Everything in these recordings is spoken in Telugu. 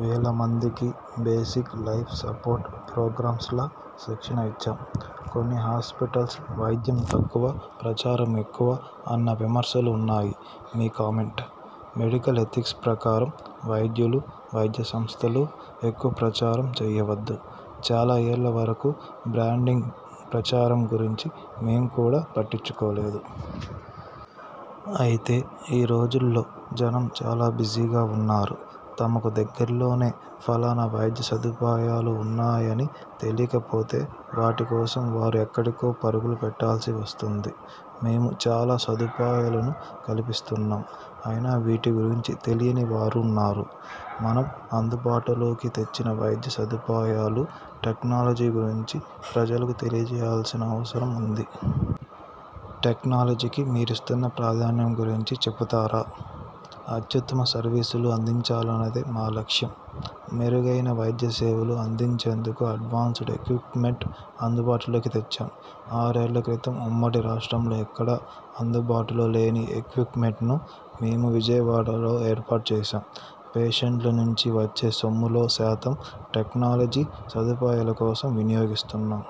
వేల మందికి బేసిక్ లైఫ్ సపోర్ట్ ప్రోగ్రామ్స్లో శిక్షణ ఇచ్చాం. కొన్ని హాస్పిటల్స్ వైద్యం తక్కువ ప్రచారం ఎక్కువ అన్న విమర్శలున్నాయి మీ కామెంట్? మెడికల్ ఎథిక్స్ ప్రకారం వైద్యులు, వైద్య సంస్థలు ఎక్కువ ప్రచారం చేయవద్దు. చాలా ఏళ్ల వరకు బ్రాండింగ్, ప్రచారం గురించి మేం కూడా పట్టించుకోలేదు. అయితే ఈ రోజుల్లో జనం చాలా బిజీగా ఉన్నారు. తమకు దగ్గరలోనే ఫలానా వైద్య సదుపాయాలు ఉన్నాయని తెలియకపోతే వాటి కోసం వారు ఎక్కడికో పరుగులు పెట్టాల్సి వస్తుంది. మేము చాలా సదుపాయాలను కల్పిస్తున్నాం. అయినా వీటి గురించి తెలియని వారున్నారు. మనం అందుబాటులోకి తెచ్చిన వైద్య సదుపాయాలు, టెక్నాలజీ గురించి ప్రజలకు తెలియజేయాల్సిన అవసరం ఉంది. టెక్నాలజీకి మీరిస్తున్న ప్రాధాన్యం గురించి చెబుతారా? అత్యుత్తమ సర్వీసులు అందించాలన్నదే మా లక్ష్యం. మెరుగైన వైద్య సేవలు అందించేందుకు అడ్వాన్స్డ్ ఎక్విప్మెంట్ అందుబాటులోకి తెచ్చాం. ఆరేళ్ల క్రితం ఉమ్మడి రాష్ట్రంలో ఎక్కడా అందుబాటులో లేని ఎక్విప్మెంట్ను మేము విజయవాడలో ఏర్పాటు చేశాం. పేషెంట్ల నుంచి వచ్చే సొమ్ములో శాతం టెక్నాలజీ, సదుపాయాల కోసం వినియోగిస్తున్నాం.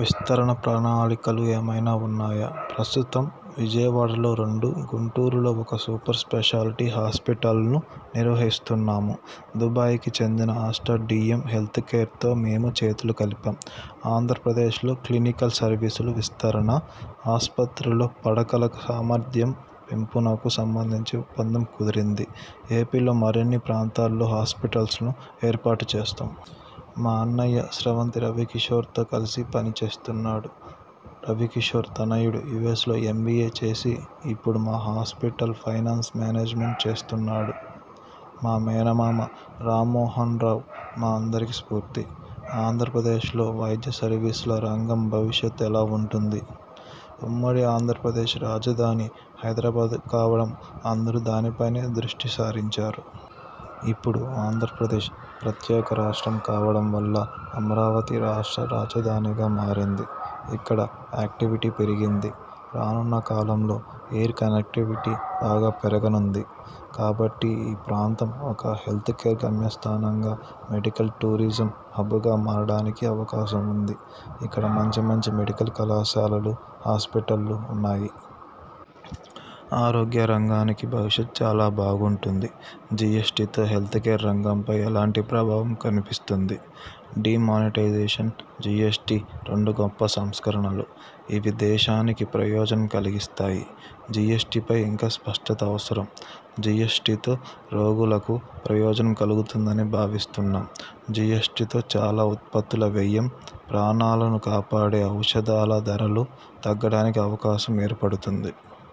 విస్తరణ ప్రణాళికలు ఏమైనా ఉన్నాయా? ప్రస్తుతం విజయవాడలో రెండు, గుంటూరులో ఒక సూపర్ స్పెషాలిటీ హాస్పిటల్ను నిర్వహిస్తున్నాం. దుబాయ్కి చెందిన ఆస్టర్ డిఎం హెల్త్కేర్తో మేము చేతులు కలిపాం. ఆంధ్రప్రదేశ్లో క్లినికల్ సర్వీసుల విస్తరణ, ఆస్పత్రుల్లో పడకల సామర్థ్యం పెంపునకు సంబంధించి ఒప్పందం కుదిరింది. ఎపిలో మరిన్ని ప్రాంతాల్లో హాస్పిటల్స్ను ఏర్పాటు చేస్తాం. మా అన్నయ్య స్రవంతి రవికిశోర్తో కలిసి పని చేస్తున్నాడు. రవికిషోర్ తనయుడు యుఎ్సలో ఎంబిఎ చేసి ఇప్పుడు మా హాస్పిటల్ ఫైనాన్స్ మేనేజ్మెంట్ చూస్తున్నాడు. మా మేనమామ రామ్మోహన్రావు మా అందరికీ స్ఫూర్తి. ఆంధ్రప్రదేశ్లో వైద్య సర్వీసుల రంగం భవిష్యత్తు ఎలా ఉంటుంది? ఉమ్మడి ఆంధ్రప్రదేశ్ రాజధాని హైదరాబాద్ కావడం అందరూ దానిపైనే దృష్టిసారించారు. ఇప్పుడు ఆంధ్రప్రదేశ్ ప్రత్యేక రాష్ట్రం కావడం వల్ల అమరావతి రాష్ట్ర రాజధానిగా మారింది. ఇక్కడ యాక్టివిటీ పెరిగింది. రానున్న కాలంలో ఎయిర్ కనెక్టివిటీ బాగా పెరగనుంది. కాబట్టి ఈ ప్రాంతం ఒక హెల్త్కేర్ గమ్యస్థానంగా మెడికల్ టూరిజం హబ్గా మారడానికి అవకాశం ఉంది. ఇక్కడ మంచిమంచి మెడికల్ కళాశాలలు, హాస్పిటళ్లు ఉన్నాయి. ఆరోగ్య రంగానికి భవిష్యత్ చాలా బాగుంటుంది. జిఎస్టితో హెల్త్కేర్ రంగంపై ఎలాంటి ప్రభావం కనిపిస్తోంది? డీమానిటైజేషన్, జిఎ్సటి రెండూ గొప్ప సంస్కరణలు. ఇవి దేశానికి ప్రయోజనం కలిగిస్తాయి. జిఎ్సటిపై ఇంకా స్పష్టత అవసరం. జిఎ్సటితో రోగులకు ప్రయోజనం కలుగుతుందని భావిస్తున్నాం. జిఎ్సటితో చాలా ఉత్పత్తుల వ్యయం, ప్రాణాలను కాపాడే ఔషధాల ధరలు తగ్గడానికి అవకాశం ఏర్పడుతుంది.